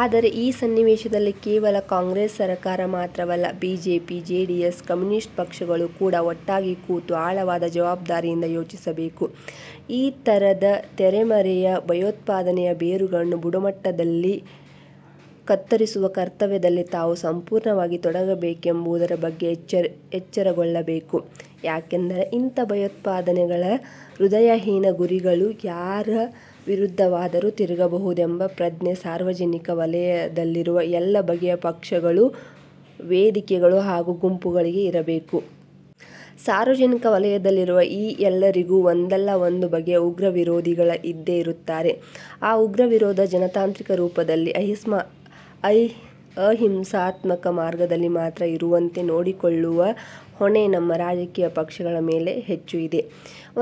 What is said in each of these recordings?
ಆದರೆ ಈ ಸನ್ನಿವೇಶದಲ್ಲಿ ಕೇವಲ ಕಾಂಗ್ರೆಸ್ ಸರಕಾರ ಮಾತ್ರವಲ್ಲ, ಬಿಜೆಪಿ, ಜೆಡಿಎಸ್, ಕಮ್ಯುನಿಸ್ಟ್ ಪಕ್ಷಗಳು ಕೂಡ ಒಟ್ಟಾಗಿ ಕೂತು ಆಳವಾದ ಜವಾಬ್ದಾರಿಯಿಂದ ಯೋಚಿಸಬೇಕು; ಈ ಥರದ ತೆರೆಮರೆಯ ಭಯೋತ್ಪಾದನೆಯ ಬೇರುಗಳನ್ನು ಬುಡಮಟ್ಟದಲ್ಲಿ ಕತ್ತರಿಸುವ ಕರ್ತವ್ಯದಲ್ಲಿ ತಾವೂ ಸಂಪೂರ್ಣವಾಗಿ ತೊಡಗಬೇಕೆಂಬುದರ ಬಗ್ಗೆ ಎಚ್ಚರಗೊಳ್ಳಬೇಕು. ಯಾಕೆಂದರೆ, ಇಂಥ ಭಯೋತ್ಪಾದನೆಗಳ ಹೃದಯಹೀನ ಗುರಿಗಳು ಯಾರ ವಿರುದ್ಧವಾದರೂ ತಿರುಗಬಹುದೆಂಬ ಪ್ರಜ್ಞೆ ಸಾರ್ವಜನಿಕ ವಲಯದಲ್ಲಿರುವ ಎಲ್ಲ ಬಗೆಯ ಪಕ್ಷಗಳು, ವೇದಿಕೆಗಳು ಹಾಗೂ ಗುಂಪುಗಳಿಗೂ ಇರಬೇಕು. ಸಾರ್ವಜನಿಕ ವಲಯದಲ್ಲಿರುವ ಈ ಎಲ್ಲರಿಗೂ ಒಂದಲ್ಲ ಒಂದು ಬಗೆಯ ಉಗ್ರ ವಿರೋಧಿಗಳು ಇದ್ದೇ ಇರುತ್ತಾರೆ. ಆ ಉಗ್ರ ವಿರೋಧ ಜನತಾಂತ್ರಿಕ ರೂಪದಲ್ಲಿ, ಅಹಿಂಸಾತ್ಮಕ ಮಾರ್ಗದಲ್ಲಿ ಮಾತ್ರ ಇರುವಂತೆ ನೋಡಿಕೊಳ್ಳುವ ಹೊಣೆ ನಮ್ಮ ರಾಜಕೀಯ ಪಕ್ಷಗಳ ಮೇಲೆ ಹೆಚ್ಚು ಇದೆ.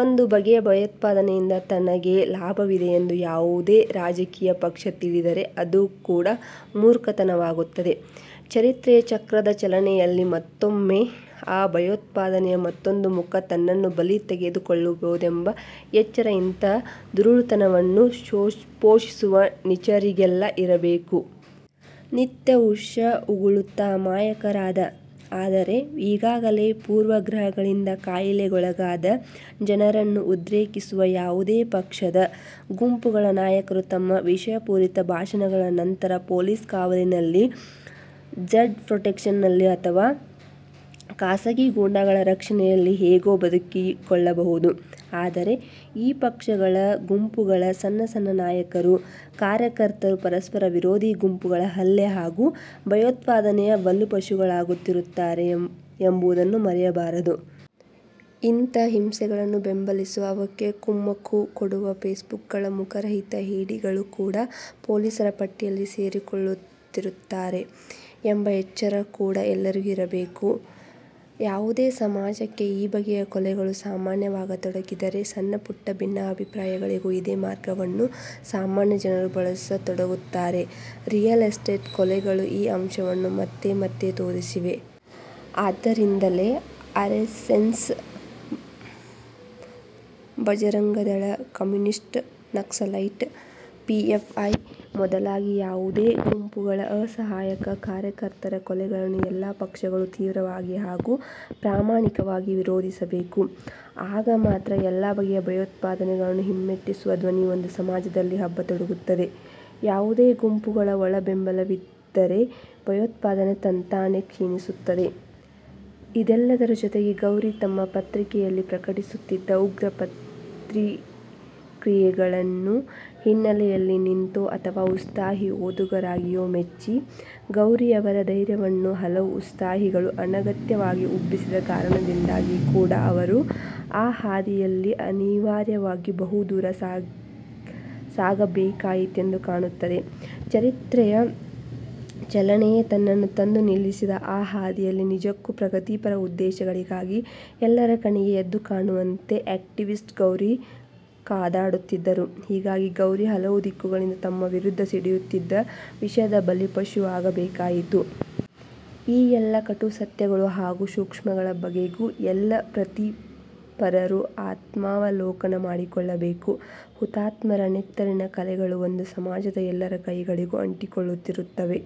ಒಂದು ಬಗೆಯ ಭಯೋತ್ಪಾದನೆಯಿಂದ ತನಗೆ ಲಾಭವಿದೆಯೆಂದು ಯಾವುದೇ ರಾಜಕೀಯ ಪಕ್ಷ ತಿಳಿದರೆ ಅದು ಕಡು ಮೂರ್ಖತನವಾಗುತ್ತದೆ; ಚರಿತ್ರೆಯ ಚಕ್ರದ ಚಲನೆಯಲ್ಲಿ ಮುಂದೊಮ್ಮೆ ಆ ಭಯೋತ್ಪಾದನೆಯ ಮತ್ತೊಂದು ಮುಖ ತನ್ನನ್ನೂ ಬಲಿ ತೆಗೆದುಕೊಳ್ಳಬಹುದೆಂಬ ಎಚ್ಚರ ಇಂಥ ದುರುಳತನವನ್ನು ಪೋಷಿಸುವ ನೀಚರಿಗೆಲ್ಲ ಇರಬೇಕು. ನಿತ್ಯ ವಿಷ ಉಗುಳುತ್ತಾ ಅಮಾಯಕರಾದ, ಆದರೆ ಈಗಾಗಲೇ ಪೂರ್ವಗ್ರಹಗಳಿಂದ ಕಾಯಿಲೆಗೊಳಗಾದ, ಜನರನ್ನು ಉದ್ರೇಕಿಸುವ ಯಾವುದೇ ಪಕ್ಷದ, ಗುಂಪುಗಳ ನಾಯಕರು ತಮ್ಮ ವಿಷಪೂರಿತ ಭಾಷಣಗಳ ನಂತರ ಪೊಲೀಸ್ ಕಾವಲಿನಲ್ಲಿ, ಝಡ್ ಪ್ರೊಟೆಕ್ಷನ್ನಲ್ಲಿ ಅಥವಾ ಖಾಸಗಿ ಗೂಂಡಾಗಳ ರಕ್ಷಣೆಯಲ್ಲಿ ಹೇಗೋ ಬದುಕಿಕೊಳ್ಳಬಹುದು; ಆದರೆ ಈ ಪಕ್ಷಗಳ, ಗುಂಪುಗಳ ಸಣ್ಣ ಸಣ್ಣ ನಾಯಕರು, ಕಾರ್ಯಕರ್ತರು ಪರಸ್ಪರ ವಿರೋಧಿ ಗುಂಪುಗಳ ಹಲ್ಲೆ ಹಾಗೂ ಭಯೋತ್ಪಾದನೆಯ ಬಲಿಪಶುಗಳಾಗುತ್ತಿರುತ್ತಾರೆ ಎಂಬುದನ್ನು ಮರೆಯಬಾರದು. ಇಂಥ ಹಿಂಸೆಗಳನ್ನು ಬೆಂಬಲಿಸುವ, ಅವಕ್ಕೆ ಕುಮ್ಮಕ್ಕು ಕೊಡುವ ಫೇಸ್ಬುಕ್ಗಳ ಮುಖರಹಿತ ಹೇಡಿಗಳು ಕೂಡ ಪೊಲೀಸರ ಪಟ್ಟಿಯಲ್ಲಿ ಸೇರಿಕೊಳ್ಳುತ್ತಿರುತ್ತಾರೆ ಎಂಬ ಎಚ್ಚರ ಕೂಡ ಎಲ್ಲರಿಗೂ ಇರಬೇಕು. ಯಾವುದೇ ಸಮಾಜಕ್ಕೆ ಈ ಬಗೆಯ ಕೊಲೆಗಳು ಸಾಮಾನ್ಯವಾಗತೊಡಗಿದರೆ, ಸಣ್ಣಪುಟ್ಟ ಭಿನ್ನಾಭಿಪ್ರಾಯಗಳಿಗೂ ಇದೇ ಮಾರ್ಗವನ್ನು ಸಾಮಾನ್ಯ ಜನರೂ ಬಳಸತೊಡಗುತ್ತಾರೆ. ರಿಯಲ್ ಎಸ್ಟೇಟ್ ಕೊಲೆಗಳು ಈ ಅಂಶವನ್ನು ಮತ್ತೆ ಮತ್ತೆ ತೋರಿಸಿವೆ. ಆದ್ದರಿಂದಲೇ RSS, Bajrang Dal, communist, Naxalite, PFI ಮೊದಲಾಗಿ ಯಾವುದೇ ಗುಂಪುಗಳ ಅಸಹಾಯಕ ಕಾರ್ಯಕರ್ತರ ಕೊಲೆಗಳನ್ನು ಎಲ್ಲ ಪಕ್ಷಗಳೂ ತೀವ್ರವಾಗಿ ಹಾಗೂ ಪ್ರಾಮಾಣಿಕವಾಗಿ ವಿರೋಧಿಸಬೇಕು. ಆಗ ಮಾತ್ರ ಎಲ್ಲ ಬಗೆಯ ಭಯೋತ್ಪಾದನೆಗಳನ್ನು ಹಿಮ್ಮೆಟ್ಟಿಸುವ ಧ್ವನಿ ಒಂದು ಸಮಾಜದಲ್ಲಿ ಹಬ್ಬತೊಡಗುತ್ತದೆ; ಯಾವುದೇ ಗುಂಪುಗಳ ಒಳಬೆಂಬಲವಿಲ್ಲದಿದ್ದರೆ ಭಯೋತ್ಪಾದನೆ ತಂತಾನೇ ಕ್ಷೀಣಿಸುತ್ತದೆ. ಇದೆಲ್ಲದರ ಜೊತೆಗೇ, ಗೌರಿ ತಮ್ಮ ಪತ್ರಿಕೆಯಲ್ಲಿ ಪ್ರಕಟಿಸುತ್ತಿದ್ದ ಉಗ್ರ ಪ್ರತಿಕ್ರಿಯೆಗಳನ್ನು ಹಿನ್ನೆಲೆಯಲ್ಲಿ ನಿಂತೋ ಅಥವಾ ಉತ್ಸಾಹಿ ಓದುಗರಾಗಿಯೋ ಮೆಚ್ಚಿ, ಗೌರಿಯವರ 'ಧೈರ್ಯ'ವನ್ನು ಹಲವು 'ಉತ್ಸಾಹಿಗಳು' ಅನಗತ್ಯವಾಗಿ ಉಬ್ಬಿಸಿದ ಕಾರಣದಿಂದಾಗಿ ಕೂಡ ಅವರು ಆ ಹಾದಿಯಲ್ಲಿ ಅನಿವಾರ್ಯವಾಗಿ ಬಹು ದೂರ ಸಾಗಬೇಕಾಯಿತೆಂದು ಕಾಣುತ್ತದೆ; ಚರಿತ್ರೆಯ ಚಲನೆಯೇ ತನ್ನನ್ನು ತಂದು ನಿಲ್ಲಿಸಿದ ಆ ಹಾದಿಯಲ್ಲಿ ನಿಜಕ್ಕೂ ಪ್ರಗತಿಪರ ಉದ್ದೇಶಗಳಿಗಾಗಿ, ಎಲ್ಲರ ಕಣ್ಣಿಗೆ ಎದ್ದು ಕಾಣುವಂತೆ ಆ್ಯಕ್ಟಿವಿಸ್ಟ್ ಗೌರಿ ಕಾದಾಡುತ್ತಿದ್ದರು; ಹೀಗಾಗಿ ಗೌರಿ ಹಲವು ದಿಕ್ಕುಗಳಿಂದ ತಮ್ಮ ವಿರುದ್ಧ ಸಿಡಿಯುತ್ತಿದ್ದ ವಿಷದ ಬಲಿಪಶುವೂ ಆಗಬೇಕಾಯಿತು. ಈ ಎಲ್ಲ ಕಟು ಸತ್ಯಗಳು ಹಾಗೂ ಸೂಕ್ಷ್ಮಗಳ ಬಗೆಗೂ ಎಲ್ಲ ಪ್ರಗತಿಪರರೂ ಆತ್ಮಾವಲೋಕನ ಮಾಡಿಕೊಳ್ಳಬೇಕು. ಹುತಾತ್ಮರ ನೆತ್ತರಿನ ಕಲೆಗಳು ಒಂದು ಸಮಾಜದ ಎಲ್ಲರ ಕೈಗಳಿಗೂ ಅಂಟಿಕೊಂಡಿರುತ್ತವೆ.